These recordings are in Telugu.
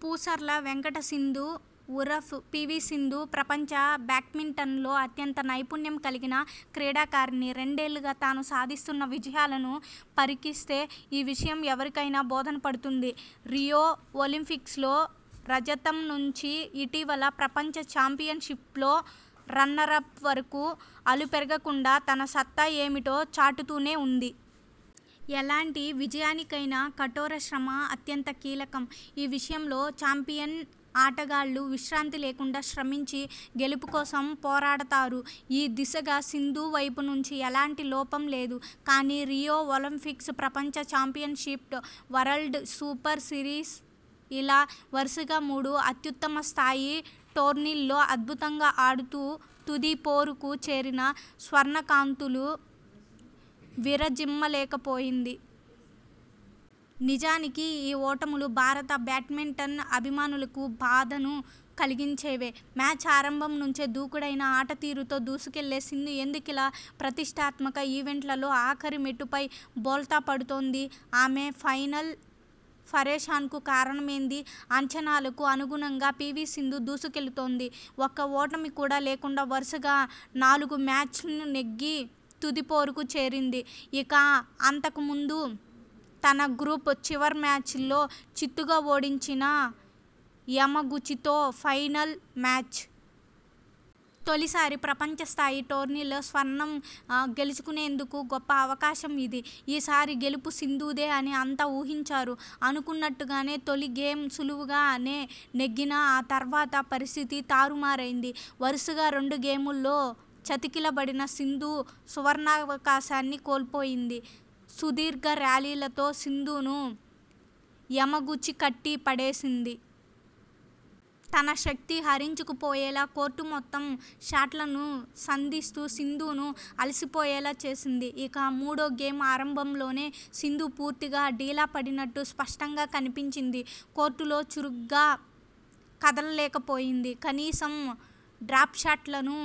పూసర్ల వెంకట సింధు ఉరఫ్ పీవీ సింధు.. ప్రపంచ బ్యాడ్మింటన్లో అత్యంత నైపుణ్యం కలిగిన క్రీడాకారిణి.. రెండేళ్లుగా తాను సాధిస్తున్న విజయాలను పరికిస్తే ఈ విషయం ఎవరికైనా బోధపడుతుంది. రియో ఒలింపిక్స్లో రజతం నుంచి ఇటీవలి ప్రపంచ చాంపియన్షిప్లో రన్నరప్ వరకు అలుపెరగకుండా తన సత్తా ఏమిటో చాటుతూనే ఉంది. ఎలాంటి విజయానికైనా కఠోరశ్రమ అత్యంత కీలకం. ఈ విషయంలో చాంపియన్ ఆటగాళ్లు విశ్రాంతి లేకుండా శ్రమించి గెలుపు కోసం పోరాడతారు. ఈ దిశగా సింధు వైపునుంచి ఎలాంటి లోపం లేదు. కానీ రియో ఒలింపిక్స్, ప్రపంచ చాంపియన్షిప్, వరల్డ్ సూపర్ సిరీస్.. ఇలా వరుసగా మూడు అత్యుత్తమ స్థాయి టోర్నీల్లో అద్భుతంగా ఆడుతూ తుది పోరుకు చేరినా స్వర్ణ కాంతులు విరజిమ్మలేకపోయింది. నిజానికి ఈ ఓటములు భారత బ్యాడ్మింటన్ అభిమానులకు బాధను కలిగించేవే! మ్యాచ్ ఆరంభం నుంచే దూకుడైన ఆటతీరుతో దూసుకెళ్లే సింధు ఎందుకిలా ప్రతిష్ఠాత్మక ఈవెంట్లలో ఆఖరి మెట్టుపై బోల్తా పడుతోంది? ఆమె 'ఫైనల్' పరేషాన్కు కారణమేంది? అంచనాలకు అనుగుణంగా పీవీ సింధు దూసుకెళుతోంది. ఒక్క ఓటమి కూడా లేకుండా వరుసగా నాలుగుమ్యాచ్లు నెగ్గి తుదిపోరుకు చేరింది ఇక అంతకుముందు తన గ్రూప్ చివరిమ్యాచ్లో చిత్తుగా ఓడించిన యమగుచితో ఫైనల్ మ్యాచ్. తొలిసారి ప్రపంచస్థాయి టోర్నీలో స్వర్ణం గెలుచుకునేందుకు గొప్ప అవకాశం ఇది. ఈసారీ గెలుపు సింధుదే అని అంతా ఊహించారు. అనుకున్నట్టుగానే తొలి గేమ్ సులువుగా నే నెగ్గినా ఆ తర్వాత పరిస్థితి తారుమారైంది. వరుసగా రెండు గేముల్లో చతికిలబడిన సింధు సువర్ణావకాశాన్ని కోల్పోయింది. సుదీర్ఘర్యాలీలతో సింధును యమగుచి కట్టి పడేసింది. తన శక్తి హరించుకుపోయేలా కోర్టు మొత్తం షాట్లను సంధిస్తూ సింధును అలసిపోయేలా చేసింది. ఇక మూడో గేమ్ ఆరంభంలోనే సింధు పూర్తిగా డీలాపడినట్టు స్పష్టంగా కనిపించింది. కోర్టులో చురుగ్గా కదలలేకపోయింది. కనీసం డ్రాప్షాట్లను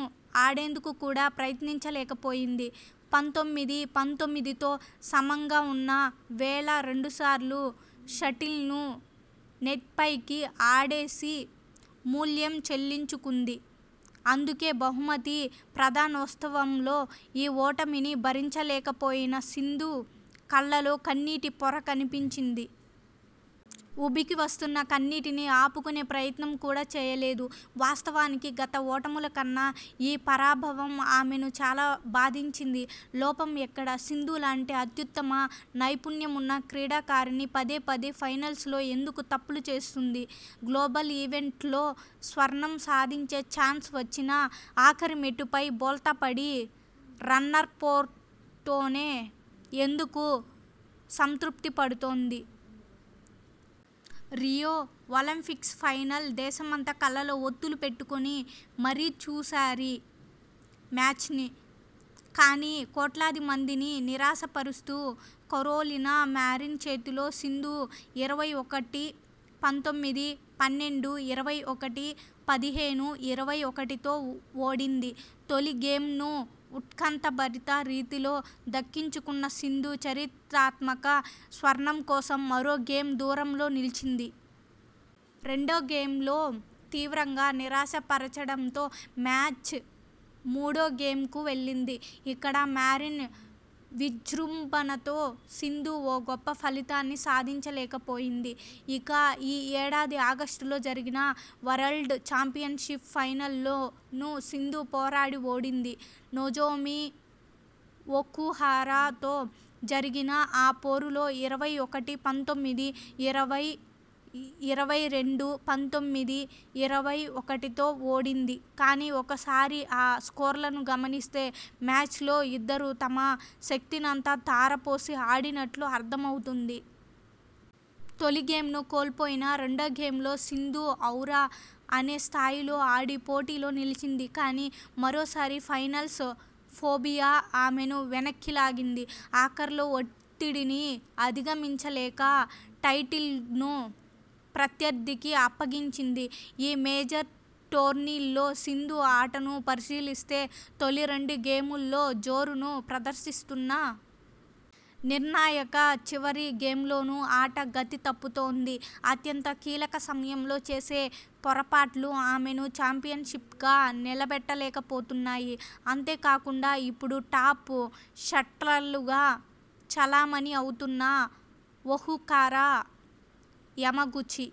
ఆడేందుకు కూడా ప్రయత్నించ లేకపోయింది. పంతొమ్మిది-పంతొమ్మిదితో సమంగా ఉన్న వేళ రెండుసార్లు షటిల్ను నెట్పైకి ఆడేసి మూల్యం చెల్లించుకుంది అందుకే బహుమతి ప్రదా నోత్సవంలో ఈ ఓటమిని భరించలేకపోయిన సింధు కళ్లల్లో కన్నీటి పొర కనిపించింది. ఉబికి వస్తున్న కన్నీటిని ఆపుకొనే ప్రయత్నం కూడా చేయలేదు. వాస్తవానికి గత ఓటముల కన్నా ఈ పరాభవం ఆమెను చాలా బాధించింది. లోపం ఎక్కడ? సింధులాంటి అత్యుత్తమ నైపుణ్యమున్న క్రీడాకారిణి పదేపదే ఫైనల్స్లో ఎందుకు తప్పులు చేస్తోంది? గ్లోబల్ ఈవెంట్స్లో స్వర్ణం సాధించే చాన్స్ వచ్చినా ఆఖరిమెట్టుపై బోల్తాపడి రన్నరప్తోనే ఎందుకు సంతృప్తిపడుతోంది? రియో ఒలింపిక్స్ ఫైనల్.. దేశమంతా కళ్లల్లో ఒత్తులు పెట్టుకు ని మరీ చూశారీ మ్యాచ్ను. కానీ కోట్లాది మందిని నిరాశపరుస్తూ కరోలినా మారిన్ చేతిలో సింధు ఇరవై ఒకటి-పంతొమ్మిది, పన్నెండు-ఇరవై ఒకటి, పదిహేను-ఇరవై ఒకటితో ఓడింది తొలి గేమ్ను ఉత్కంఠ భరిత రీతిలో దక్కించుకున్న సింధు చరిత్రాత్మక స్వర్ణం కోసం మరో గేమ్ దూరంలో నిలిచింది. రెండోగేమ్లో తీవ్రంగా నిరాశపరచడంతో మ్యాచ్ మూడో గేమ్కు వెళ్లింది. ఇక్కడ మారిన్ విజృంభణతో సింధు ఓ గొప్ప ఫలితాన్ని సాధించలేకపోయింది. ఇక ఈ ఏడాది ఆగస్టులో జరిగిన వరల్డ్ చాంపియన్షిప్ ఫైనల్లో నూ సింధు పోరాడి ఓడింది. నొజోమి ఒకుహరా తో జరిగిన ఆ పోరులో ఇరవై ఒకటి-పంతొమ్మిది, ఇరవై-ఇరవై రెండు, పంతొమ్మిది-ఇరవై ఒకటితో ఓడింది కానీ ఒక్కసారి ఆ స్కోర్లను గమనిస్తే మ్యాచ్లో ఇద్దరు తమ శక్తినంతా ధారపోసి ఆడినట్టు అర్థమవుతుంది. తొలిగేమ్ను కోల్పోయినా రెండోగేమ్లో సింధు ఔరా.. అనే స్థాయిలో ఆడి పోటీలో నిలిచింది. కానీ మరోసారి ఫైనల్ ఫోబియా ఆమెను వెనక్కి లాగింది. ఆఖర్లో ఒత్తిడిని అధిగమించలేక టైటిల్ను ప్రత్యర్థికి అప్పగించింది. ఈ మేజర్ టోర్నీల్లో సింధు ఆటను పరిశీలిస్తే తొలి రెండు గేముల్లో జోరును ప్రదర్శిస్తున్నా.. నిర్ణాయక చివరి గేమ్లోనే ఆట గతి తప్పుతోంది. అత్యంత కీలక సమయంలో చేసే పొరపాట్లు ఆమెను చాంపియన్గా నిలబెట్టలేకపోతున్నాయి. అంతేకాకుండా ఇప్పుడు టాప్ షట్లర్లుగా చెలామణి అవుతున్న ఒకుహర, యమగుచి,